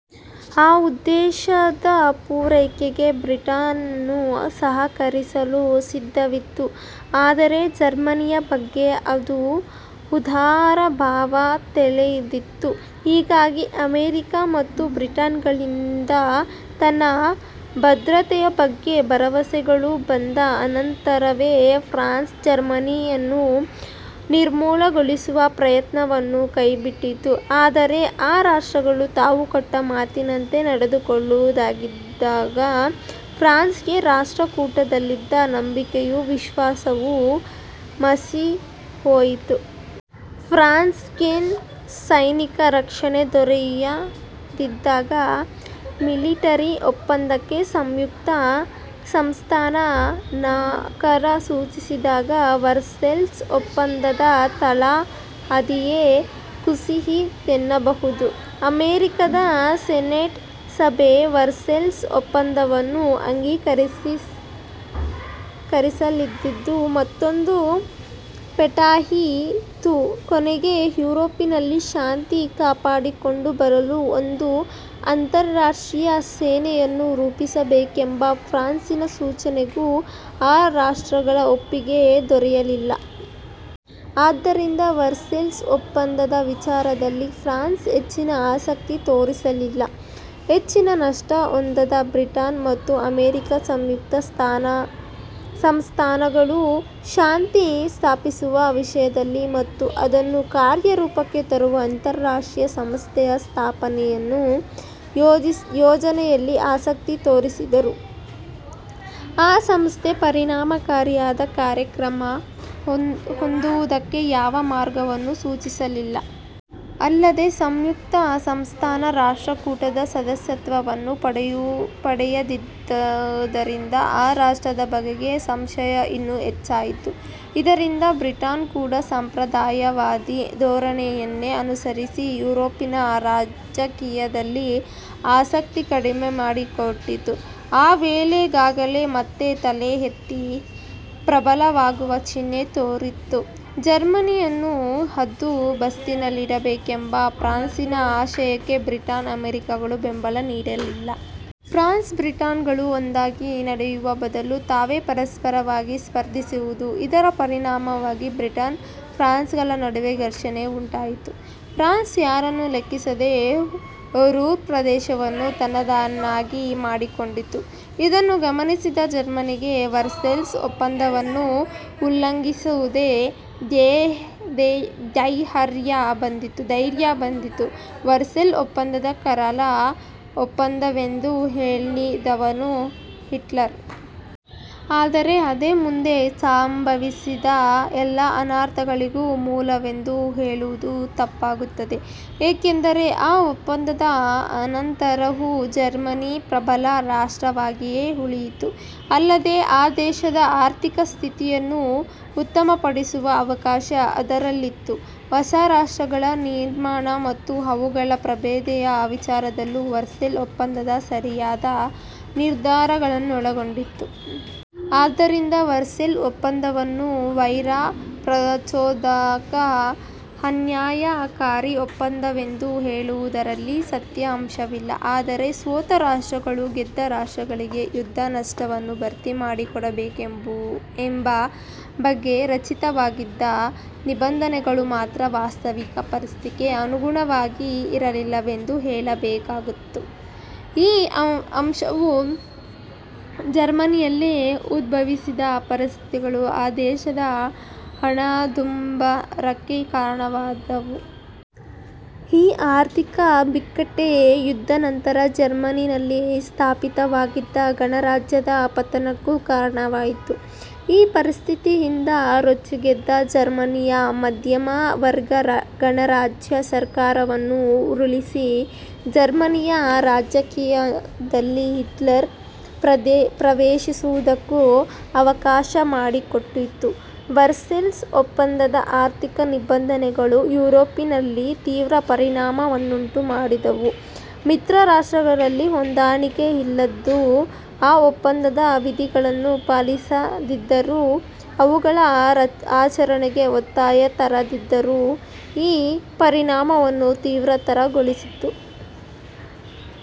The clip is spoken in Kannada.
ಆ ಉದ್ದೇಶದ ಪುರೈಕೆಗೆ ಬ್ರಿಟನ್ನೂ ಸಹಕರಿಸಲು ಸಿದ್ಧವಿತ್ತು. ಆದರೆ ಜರ್ಮನಿಯ ಬಗ್ಗೆ ಅದು ಉದಾರಭಾವ ತಳೆದಿತ್ತು. ಹೀಗಾಗಿ ಅಮೆರಿಕ ಮತ್ತು ಬ್ರಿಟನ್ನುಗಳಿಂದ ತನ್ನ ಭದ್ರತೆಯ ಬಗ್ಗೆ ಭರವಸೆಗಳು ಬಂದ ಅನಂತರವೇ ಫ್ರಾನ್ಸ್ ಜರ್ಮನಿಯನ್ನು ನಿರ್ಮೂಲಗೊಳಿಸುವ ಪ್ರಯತ್ನವನ್ನು ಕೈ ಬಿಟ್ಟಿತು. ಆದರೆ ಆ ರಾಷ್ಟ್ರಗಳು ತಾವು ಕೊಟ್ಟ ಮಾತಿನಂತೆ ನಡೆದುಕೊಳ್ಳದಿದ್ದಾಗ ಫ್ರಾನ್ಸ್ ಗೆ ರಾಷ್ಟ್ರ ಕೂಟದಲ್ಲಿದ್ದ ನಂಬಿಕೆಯೂ ವಿಶ್ವಾಸವು ಮಾಸಿಹೋಯಿತು. ಫ್ರಾನ್ಸ್ಗೆ ಸೈನಿಕ ರಕ್ಷಣೆ ದೊರೆಯದಿದ್ದಾಗ, ಮಿಲಿಟರಿ ಒಪಂದಕ್ಕೆ ಸಂಯುಕ್ತ ಸಂಸ್ಥಾನ ನಕಾರ ಸೂಚಿಸಿದಾಗ, ವರ್ಸೇಲ್ಸ್, ಒಪ್ಪಂದದ ತಳಹದಿಯೇ ಕುಸಿಯಿತೆನ್ನಬಹುದು. ಅಮೆರಿಕದ ಸೆನೆಟ್ ಸಭೆ ವರ್ಸೇಲ್ಸ್ ಒಪ್ಪಂದವನ್ನು ಅಂಗೀಕರಿಸದಿದ್ದುದು ಮತ್ತೊಂದು ಪೆಟ್ಟಾಯಿತು. ಕೊನೆಗೆ ಯುರೋಪಿನಲ್ಲಿ ಶಾಂತಿ ಕಾಪಾಡಿಕೊಂಡು ಬರಲು ಒಂದು ಅಂತಾರಾಷ್ಟ್ರೀಯ ಸೇನೆಯನ್ನು ರೂಪಿಸಬೇಕೆಂಬ ಫ್ರಾನ್ಸಿನ ಸೂಚನೆಗೂ ಆ ರಾಷ್ಟ್ರಗಳ ಒಪ್ಪಿಗೆ ದೊರೆಯಲಿಲ್ಲ. ಆದ್ದರಿಂದ ವರ್ಸೇಲ್ಸ್ ಒಪ್ಪಂದದ ವಿಚಾರದಲ್ಲಿ ಫ್ರಾನ್ಸ್ ಹೆಚ್ಚಿನ ಆಸಕ್ತಿ ತೋರಿಸಲಿಲ್ಲ. ಹೆಚ್ಚಿನ ನಷ್ಟ ಹೊಂದದ ಬ್ರಿಟನ್ ಮತ್ತು ಅಮೆರಿಕ ಸಂಯುಕ್ತ ಸಂಸ್ಥಾನ ಗಳು ಶಾಂತಿ ಸ್ಥಾಪಿಸುವ ವಿಷಯದಲ್ಲಿ ಮತ್ತು ಅದನ್ನು ಕಾರ್ಯರೂಪಕ್ಕೆ ತರುವ ಅಂತಾರಾಷ್ಟ್ರೀಯ ಸಂಸ್ಥೆಯ ಸ್ಥಾಪನೆಯ ಯೋಜನೆಯಲ್ಲಿ ಆಸಕ್ತಿ ತೋರಿಸಿದರೂ ಆ ಸಂಸ್ಥೆ ಪರಿಣಾಮಕಾರಿಯಾದ ಕಾರ್ಯಕ್ರಮ ಹೊಂದುವುದಕ್ಕೆ ಯಾವ ಮಾರ್ಗವನ್ನೂ ಸೂಚಿಸಲಿಲ್ಲ. ಅಲ್ಲದೆ ಸಂಯುಕ್ತಸಂಸ್ಥಾನ ರಾಷ್ಟ್ರಕೂಟದ ಸದಸ್ಯತ್ವವನ್ನೂ ಪಡೆಯದಿದ್ದುದರಿಂದ ಆ ರಾಷ್ಟ್ರದ ಬಗೆಗೆ ಸಂಶಯ ಇನ್ನೂ ಹೆಚ್ಚಾಯಿತು. ಇದರಿಂದ ಬ್ರಿಟನ್ ಕೂಡ ಸಂಪ್ರದಾಯವಾದಿ ಧೋರಣೆಯನ್ನೇ ಅನುಸರಿಸಿ ಯುರೋಪಿನ ರಾಜಕೀಯದಲ್ಲಿ ಆಸಕ್ತಿ ಕಡಿಮೆ ಮಾಡಿಕೊಂಡಿತು. ಆ ವೇಳೆಗಾಗಲೇ ಮತ್ತೆ ತಲೆಯೆತ್ತಿ ಪ್ರಬಲವಾಗುವ ಚಿಹ್ನೆ ತೋರುತ್ತಿದ್ದ ಜರ್ಮನಿಯನ್ನು ಹದ್ದುಬಸ್ತಿನಲ್ಲಿಡಬೇಕೆಂಬ ಫ್ರಾನ್ಸಿನ ಆಶಯಕ್ಕೆ ಬ್ರಿಟನ್ ಅಮೆರಿಕಗಳು ಬೆಂಬಲ ನೀಡಲಿಲ್ಲ. ಫ್ರಾನ್ಸ್ ಬ್ರಿಟನ್ಗಳು ಒಂದಾಗಿ ನಡೆಯುವ ಬದಲು ತಾವೇ ಪರಸ್ಪರವಾಗಿ ಸ್ಪರ್ಧಿಸಿದುವು. ಇದರ ಪರಿಣಾಮವಾಗಿ ಬ್ರಿಟನ್ ಫ್ರಾನ್ಸ್ಗಳ ನಡುವೆ ಘರ್ಷಣೆ ಉಂಟಾಯಿತು. ಫ್ರಾನ್ಸ್ ಯಾರನ್ನೂ ಲೆಕ್ಕಿಸಿದೆ ರೂರ್ ಪ್ರದೇಶವನ್ನು ತನ್ನದನ್ನಾಗಿ ಮಾಡಿಕೊಂಡಿತು. ಇದನ್ನು ಗಮನಿಸಿದ ಜರ್ಮನಿಗೆ ವರ್ಸೇಲ್ಸ್ ಒಪ್ಪಂದವನ್ನು ಉಲ್ಲಂಘಿಸುವ ಧ್ಯೆರ್ಯ ಬಂದಿತು. ವರ್ಸೇಲ್ಸ್ ಒಪ್ಪಂದ ಕರಾಳ ಒಪ್ಪಂದವೆಂದು ಹೇಳಿದವನು ಹಿಟ್ಲರ್. ಆದರೆ ಅದೇ ಮುಂದೆ ಸಂಭವಿಸಿದ ಎಲ್ಲ ಅನರ್ಥಗಳಿಗೂ ಮೂಲವೆಂದು ಹೇಳುವುದು ತಪ್ಪಾಗುತ್ತದೆ. ಏಕೆಂದರೆ ಆ ಒಪ್ಪಂದದ ಅನಂತರವೂ ಜರ್ಮನಿ ಪ್ರಬಲ ರಾಷ್ಟ್ರವಾಗಿಯೇ ಉಳಿಯಿತು. ಅಲ್ಲದೆ ಆ ದೇಶದ ಆರ್ಥಿಕ ಸ್ಥಿತಿಯನ್ನು ಉತ್ತಮಪಡಿಸುವ ಅವಕಾಶ ಅದರಲ್ಲಿತ್ತು. ಹೊಸ ರಾಷ್ಟ್ರಗಳ ನಿರ್ಮಾಣ ಮತ್ತು ಅವುಗಳ ಭದ್ರತೆಯ ವಿಚಾರದಲ್ಲೂ ವರ್ಸೇಲ್ಸ್ ಒಪ್ಪಂದ ಸರಿಯಾದ ನಿರ್ಧಾರಗಳನ್ನೊಳಗೊಂಡಿತ್ತು. ಆದ್ದರಿಂದ ವರ್ಸೇಲ್ಸ್ ಒಪ್ಪಂದವನ್ನು ವೈರ ಪ್ರಚೋದಕ ಅನ್ಯಾಯಕಾರಿ ಒಪ್ಪಂದವೆಂದು ಹೇಳುವುದರಲ್ಲಿ ಸತ್ಯಾಂಶವಿಲ್ಲ. ಆದರೆ ಸೋತ ರಾಷ್ಟ್ರಗಳು ಗೆದ್ದ ರಾಷ್ಟ್ರಗಳಿಗೆ ಯುದ್ಧದ ನಷ್ಟವನ್ನು ಭರ್ತಿಮಾಡಿಕೊಡಬೇಕೆಂಬ ಬಗ್ಗೆ ರಚಿತವಾಗಿದ್ದ ನಿಬಂಧನೆಗಳು ಮಾತ್ರ ವಾಸ್ತವಿಕ ಪರಿಸ್ಥಿತಿಗೆ ಅನುಗುಣವಾಗಿ ಇರಲಿಲ್ಲವೆಂದು ಹೇಳಲೇಬೇಕು. ಈ ಅಂಶವೂ ಜರ್ಮನಿಯಲ್ಲೇ ಉದ್ಭವಿಸಿದ ಪರಿಸ್ಥಿತಿಗಳೂ ಆ ದೇಶದ ಹಣದುಬ್ಬರಕ್ಕೆ ಕಾರಣವಾದುವು. ಈ ಆರ್ಥಿಕ ಬಿಕ್ಕಟ್ಟೇ ಯುದ್ಧಾನಂತರ ಜರ್ಮನಿಯಲ್ಲಿ ಸ್ಥಾಪಿತವಾಗಿದ್ದ ಗಣರಾಜ್ಯದ ಪತನಕ್ಕೂ ಕಾರಣವಾಯಿತು. ಈ ಪರಿಸ್ಥಿತಿಯಿಂದ ರೊಚ್ಚಿಗೆದ್ದ ಜರ್ಮನಿಯ ಮಧ್ಯಮವರ್ಗ ಗಣರಾಜ್ಯ ಸರ್ಕಾರವನ್ನು ಉರುಳಿಸಿ, ಜರ್ಮನಿಯ ರಾಜಕೀಯದಲ್ಲಿ ಹಿಟ್ಲರ್ ಪ್ರವೇಶಿಸುವುದಕ್ಕೂ ಅವಕಾಶಮಾಡಿಕೊಟ್ಟಿತು. ವರ್ಸೇಲ್ಸ್ ಒಪ್ಪಂದದ ಆರ್ಥಿಕ ನಿಬಂಧನೆಗಳು ಯುರೋಪಿನಲ್ಲಿ ತೀವ್ರ ಪರಿಣಾಮವನ್ನುಂಟುಮಾಡಿದುವು. ಮಿತ್ರರಾಷ್ಟ್ರಗಳಲ್ಲಿ ಹೊಂದಾಣಿಕೆಯಿಲ್ಲದ್ದೂ ಆ ಒಪ್ಪಂದದ ವಿಧಿಗಳನ್ನು ಪಾಲಿಸದಿದ್ದದ್ದೂ ಅವುಗಳ ಆಚರಣೆಗೆ ಒತ್ತಾಯ ತರದಿದ್ದದ್ದೂ ಈ ಪರಿಣಾಮವನ್ನು ತೀವ್ರತರಗೊಳಿಸಿದುವು.